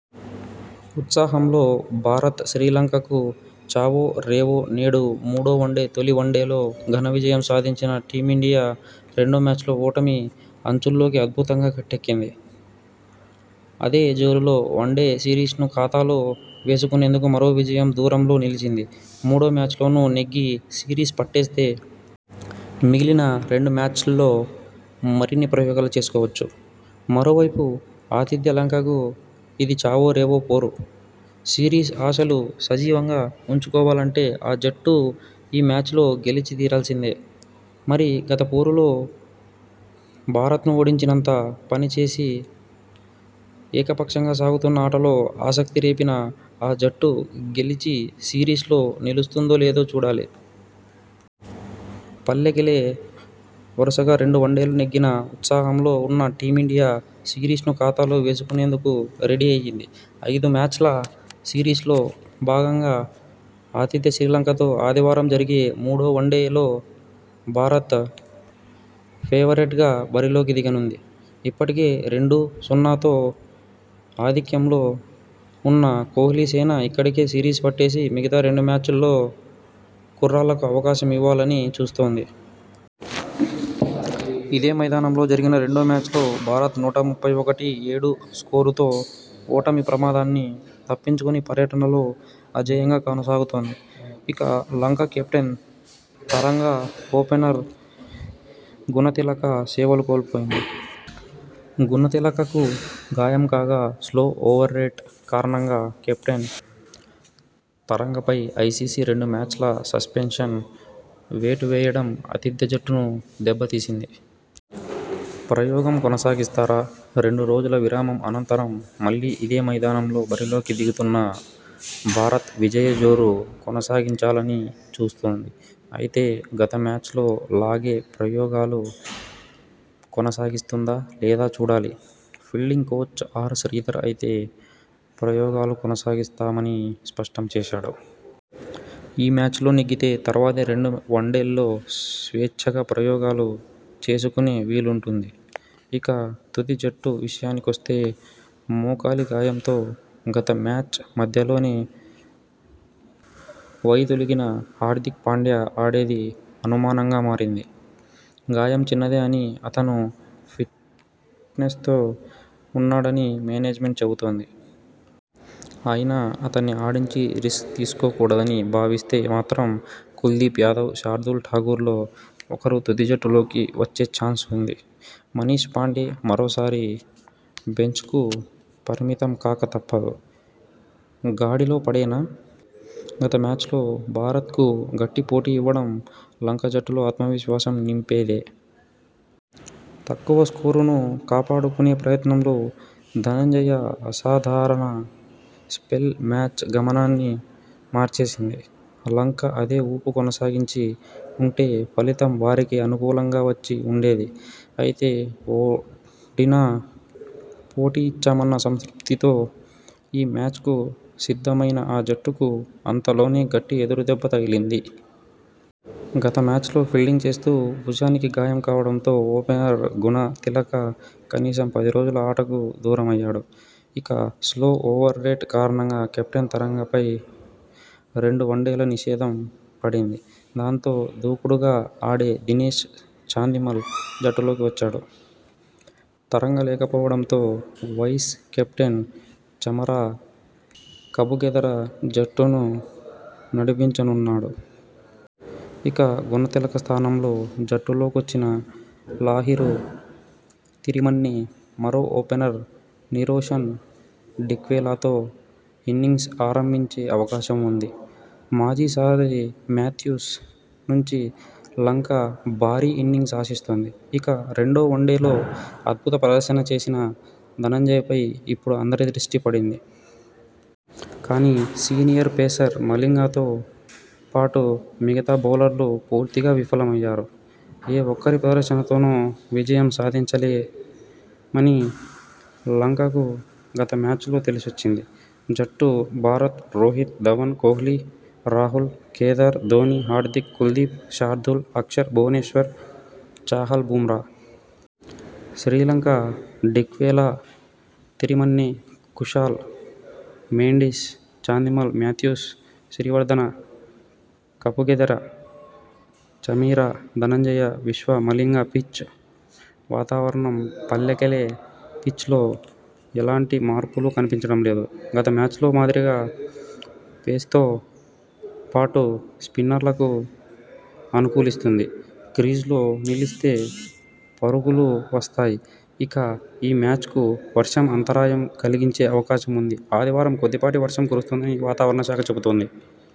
ఉత్సాహంలో భారత్, శ్రీలంకకు చావో రేవో నేడు మూడో వన్డే, తొలి వన్డేలో ఘన విజయం సాధించిన టీమిండియా రెండో మ్యాచ్లో ఓటమి అంచుల్లోంచి అద్భుతంగా గట్టెక్కింది! అదే జోరులో వన్డే సిరీస్నూ ఖాతాలో వేసుకునేందుకు మరో విజయం దూరంలో నిలిచింది..! మూడో మ్యాచ్లోనూ నెగ్గి సిరీస్ పట్టేస్తే.. మిగిలిన రెండు మ్యాచ్ల్లో మరిన్ని ప్రయోగాలు చేసుకోవచ్చు..! మరోవైపు ఆతిథ్య లంకకు ఇది చావో రేవో పోరు! సిరీస్ ఆశలు సజీవంగా ఉంచుకోవాలంటే.. ఆ జట్టు ఈ మ్యాచ్లో గెలిచి తీరాల్సిందే..! మరి గత పోరులో భారత్ను ఓడించినంత పనిచేసి, ఏకపక్షంగా సాగుతున్న ఆటలో ఆసక్తి రేపిన ఆ జట్టు, గెలిచి సిరీస్లో నిలుస్తుందో లేదో చూడాలి..! పల్లెకెలె వరుసగా రెండు వన్డేలు నెగ్గిన ఉత్సాహం లో ఉన్న టీమిండియా సిరీస్ను ఖాతాలో వేసుకునేందుకు రెడీ అయింది. ఐదు మ్యాచ్ల సిరీస్లో భాగంగా ఆతిథ్య శ్రీలంకతో ఆదివారం జరిగే మూడో వన్డేలో భారత్ ఫేవరెట్గా బరిలోకి దిగనుంది. ఇప్పటికే రెండు సున్నాతో ఆధిక్యంలో ఉన్న కోహ్లీసేన ఇక్కడే సిరీస్ పట్టేసి మిగతా రెండు మ్యాచ్లల్లో కుర్రాళ్లకు అవకాశం ఇవ్వాలని చూస్తోంది. ఇదే మైదానంలో జరిగిన రెండో మ్యాచ్లో భారత్ నూట ముప్పై ఒకటి, ఏడు స్కోరుతో ఓటమి ప్రమాదాన్ని తప్పించుకొని పర్యటనలో అజేయంగా కొనసాగుతోంది. ఇక లంక కెప్టెన్ తరంగ, ఓపెనర్ గుణతిలక సేవలు కోల్పోయింది. గుణతిలకకు గాయం కాగా, స్లో ఓవర్రేట్ కారణంగా కెప్టెన్ తరంగపై ఐసీసీ రెండు మ్యాచ్ల సస్పెన్షన్ వేటు వేయడం ఆతిథ్య జట్టును దెబ్బతీసింది. ప్రయోగం కొనసాగిస్తారా.. రెండు రోజుల విరామం అనంతరం మళ్లీ ఇదే మైదానంలో బరిలోకి దిగుతున్న భారత్ విజయ జోరు కొనసాగించాలని చూస్తోంది. అయితే, గత మ్యాచ్లో లాగే ప్రయోగాలు కొనసాగిస్తుందా లేదా చూడాలి. ఫీల్డింగ్ కోచ్ ఆర్ శ్రీధర్ అయితే ప్రయోగాలు కొనసాగిస్తామని స్పష్టం చేశాడు. ఈ మ్యాచ్లో నెగ్గితే తర్వాతి రెండు వన్డేల్లో స్వేచ్ఛగా ప్రయోగాలు చేసుకునే వీలుంటుంది. ఇక, తుది జట్టు విషయానికొస్తే మోకాలి గాయంతో గత మ్యాచ్ మధ్యలోనే వైదొలిగిన హార్దిక్ పాండ్యా ఆడేది అనుమానంగా మారింది. గాయం చిన్నదే అని, అతను ఫిట్నెస్తో ఉన్నాడని మేనేజ్మెంట్ చెబుతోంది. అయినా.. అతణ్ణి ఆడించి రిస్క్ తీసుకోకూడదని భావిస్తే మాత్రం కుల్దీప్ యాదవ్, శార్దూల్ ఠాకూర్లో ఒకరు తుది జట్టులోకి వచ్చే చాన్స్ ఉంది. మనీష్ పాండే మరోసారి బెంచ్కు పరిమితం కాక తప్పదు. గాడిలో పడేనా.. గత మ్యాచ్లో భారత్కు గట్టి పోటీ ఇవ్వడం లంక జట్టులో ఆత్మవిశ్వాసం నింపేదే. తక్కువ స్కోరును కాపాడుకునే ప్రయత్నంలో ధనంజయ అసాధారణ స్పెల్ మ్యాచ్ గమనాన్ని మార్చేసింది. లంక అదే ఊపు కొనసాగించి ఉంటే ఫలితం వారికి అనుకూలంగా వచ్చి ఉండేది. అయితే ఓడినా.. పోటీ ఇచ్చామన్న సంతృప్తితో ఈ మ్యాచ్కు సిద్ధమైన ఆ జట్టుకు అంతలోనే గట్టి ఎదురుదెబ్బ తగిలింది. గత మ్యాచ్లో ఫీల్డింగ్ చేస్తూ భుజానికి గాయం కావడంతో ఓపెనర్ గుణ తిలక కనీసం పది రోజులు ఆటకు దూరమయ్యాడు. ఇక, స్లో ఓవర్ రేట్ కారణంగా కెప్టెన్ తరంగపై రెండు వన్డేల నిషేధం పడింది. దాంతో, దూకుడుగా ఆడే దినేష్ చాందిమల్ జట్టులోకి వచ్చాడు. తరంగ లేకపోవడంతో వైస్ కెప్టెన్ చమర కపుగెదర జట్టును నడిపించనున్నాడు. ఇక, గుణతిలక స్థానంలో జట్టులోకొచ్చిన లాహిరు తిరిమన్నె.. మరో ఓపెనర్ నిరోషన్ డిక్వెలాతో ఇన్నింగ్స్ ఆరంభించే అవకాశం ఉంది. మాజీ సారథి మాథ్యూస్ నుంచి లంక భారీ ఇన్నింగ్స్ ఆశిస్తోంది. ఇక, రెండో వన్డేలో అద్భుత ప్రదర్శన చేసిన ధనంజయపై ఇప్పుడు అందరి దృష్టి ఉంది. కానీ, సీనియర్ పేసర్ మలింగతో పాటు మిగతా బౌలర్లు పూర్తిగా విఫలమయ్యారు. ఏ ఒక్కరి ప్రదర్శనతోనో విజయం సాధించలే మని లంకకు గత మ్యాచ్లో తెలిసొచ్చింది. జట్లు భారత్ రోహిత్, ధవన్, కోహ్లీ, రాహుల్, కేదార్, ధోనీ, హార్దిక్, కుల్దీప్, శార్దూల్, అక్షర్, భువనేశ్వర్, చాహల్, బుమ్రా. శ్రీలంక డిక్వెలా, తిరిమన్నె, కుశాల్ మెండిస్, చాందిమల్, మాథ్యూస్, సిరివర్దన, కపుగెదెర, చమీర, ధనంజయ, విశ్వ, మలింగ. పిచ్ వాతావరణం పల్లెకెలె పిచ్లో ఎలాంటి మార్పులు కనిపించడం లేదు. గత మ్యాచ్లో మాదిరిగా పేస్తో పాటు స్పిన్నర్లకూ అనుకూలిస్తుంది. క్రీజులో నిలిస్తే పరుగులూ వస్తాయి. ఇక, ఈ మ్యాచ్కూ వర్షం అంతరాయం కలిగించే అవకాశం ఉంది. ఆదివారం కొద్దిపాటి వర్షం కురుస్తుందని వాతావరణ శాఖ చెబుతోంది.